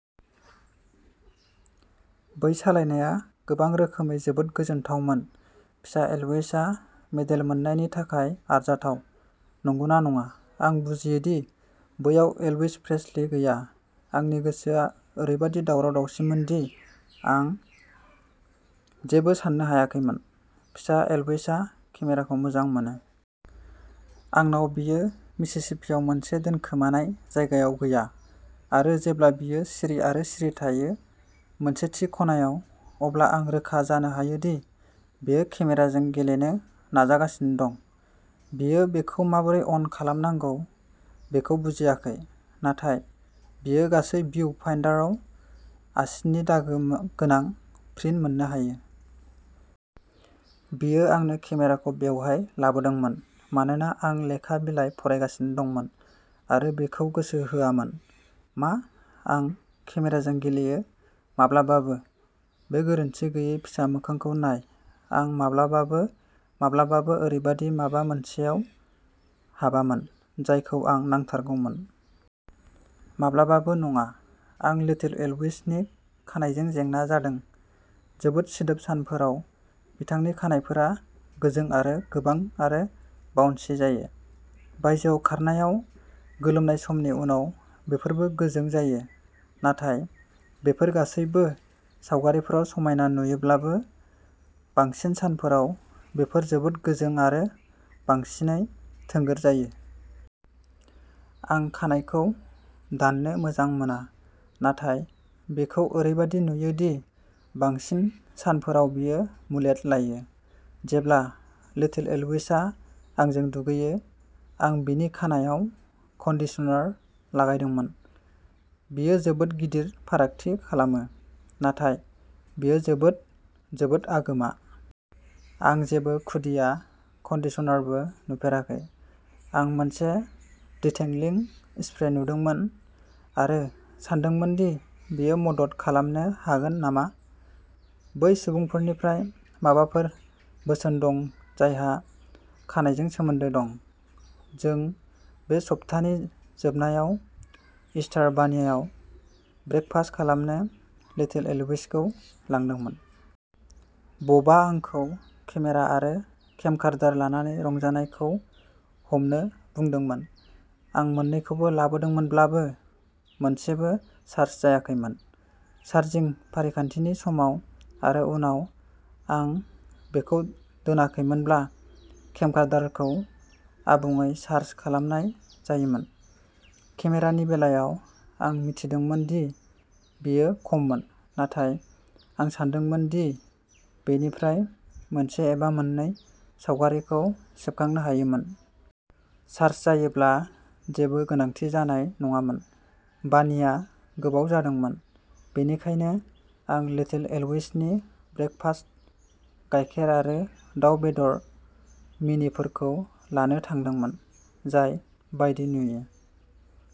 बै सालायनायआ गोबां रोखोमै जोबोद गोजोनथावमोन। फिसा एल्विसआ मेडेल मोन्नायनि थाखाय आरजाथाव, नंगौना नङा? आं बुजियो दि बैयाव एल्विस प्रेस्लि गैया। आंनि गोसोआ ओरैबादि दावराव-दावसिमोन दि आं जेबो साननो हायाखैमोन। फिसा एल्विसआ केमेराखौ मोजां मोनो। आंनाव बेयो मिसिसिपीआव मोनसे दोनखोमानाय जायगायाव गैया, आरो जेब्ला बियो सिरि आरो सिरि थायो। मोनसे थि खनायाव, अब्ला आं रोखा जानो हायो दि बियो केमेराजों गेलेनो नाजागासिनो दं। बियो बेखौ माबोरै अन खालामनांगौ बेखौ बुजियाखै, नाथाय बियो गासै भिउ-फाइन्डारआव आसिनि दागो गोनां प्रिन्ट मोननो हायो। बियो आंनो केमेराखौ बेवहाय लाबोदोंमोन मानोना आं लेखा बिलाइ फरायगासिनो दंमोन आरो बिखौ गोसो होआमोन। "मा? आं? केमेराजों गेलेयो? माब्लाबाबो!! बे गोरोनथि गैयै फिसा मोखांखौ नाय! आं माब्लाबाबो, माब्लाबाबो ओरैबायदि माबा मोनसेयाव हाबामोन जायखौ आं नांथारगौमोन। माब्लाबाबो नङा! " आं लिटिल एल्विसनि खानाइजों जेंना जादों। जोबोद सिदोब सानफोराव बिथांनि खानाइफोरा गोजों आरो गोबां आरो बाउन्सि जायो। बायजोआव खारनायाव गोलोमनाय समनि उनाव बेफोरबो गोजों जायो। नाथाय बेफोर गासैबो सावगारिफोराव समायना नुयोब्लाबो, बांसिन सानफोराव बेफोर जोबोद गोजों आरो बांसिनै थोंगोर जायो। आं खानाइखौ दाननो मोजां मोना, नाथाय बिखौ ओरैबादि नुयो दि बांसिन सानफोराव बियो मुलेट लायो। जेब्ला लिटिल एल्विसआ आंजों दुगैयो, आं बिनि खानाइआव कन्डिशनार लागायदोंमोन। बेयो जोबोद गिदिर फारागथि खालामो, नाथाय बेयो जोबोद, जोबोद आगोमा। आं जेबो खुदिया कन्डिशनारबो नुफेराखै। आं मोनसे डिटेंगलिं स्प्रे नुदोंमोन आरो सानदोंमोन दि बेयो मदद खालामनो हागोन नामा। बै सुबुंफोरनिफ्राय माबाफोर बोसोन दं जायहा खानाइजों सोमोन्दो दं? जों बे सप्तानि जोबनायाव इस्टार बानियाव ब्रेकफास्ट खालामनो लिटिल एल्विसखौ लादोंमोन। बबआ आंखौ केमेरा आरो केमकार्डार लानानै रंजानायखौ हमनो बुंदोंमोन। आं मोन्नैखौबो लाबोदोंमोनब्लाबो, मोनसेबो चार्ज जायाखैमोन। चार्जिं फारिखान्थिनि समाव आरो उनाव आं बेखौ दोनाखैमोनब्ला केमकार्डारखौ आबुङै चार्ज खालामनाय जायोमोन। केमेरानि बेलायाव, आं मिथिदोंमोन दि बेयो खममोन, नाथाय आं सानदोंमोन दि बेनिफ्राय मोनसे एबा मोननै सावगारिखौ सेबखांनो हायोमोन। चार्ज जायोब्ला जेबो गोनांथि जानाय नङामोन। बानिया गोबाव जादोंमोन, बेनिखायनो आं लिटिल एल्विसनि ब्रेकफास्ट-- गायखेर आरो दाव बेदर मिनिफोरखौ लानो थांदोंमोन, जाय बायदि नुयो।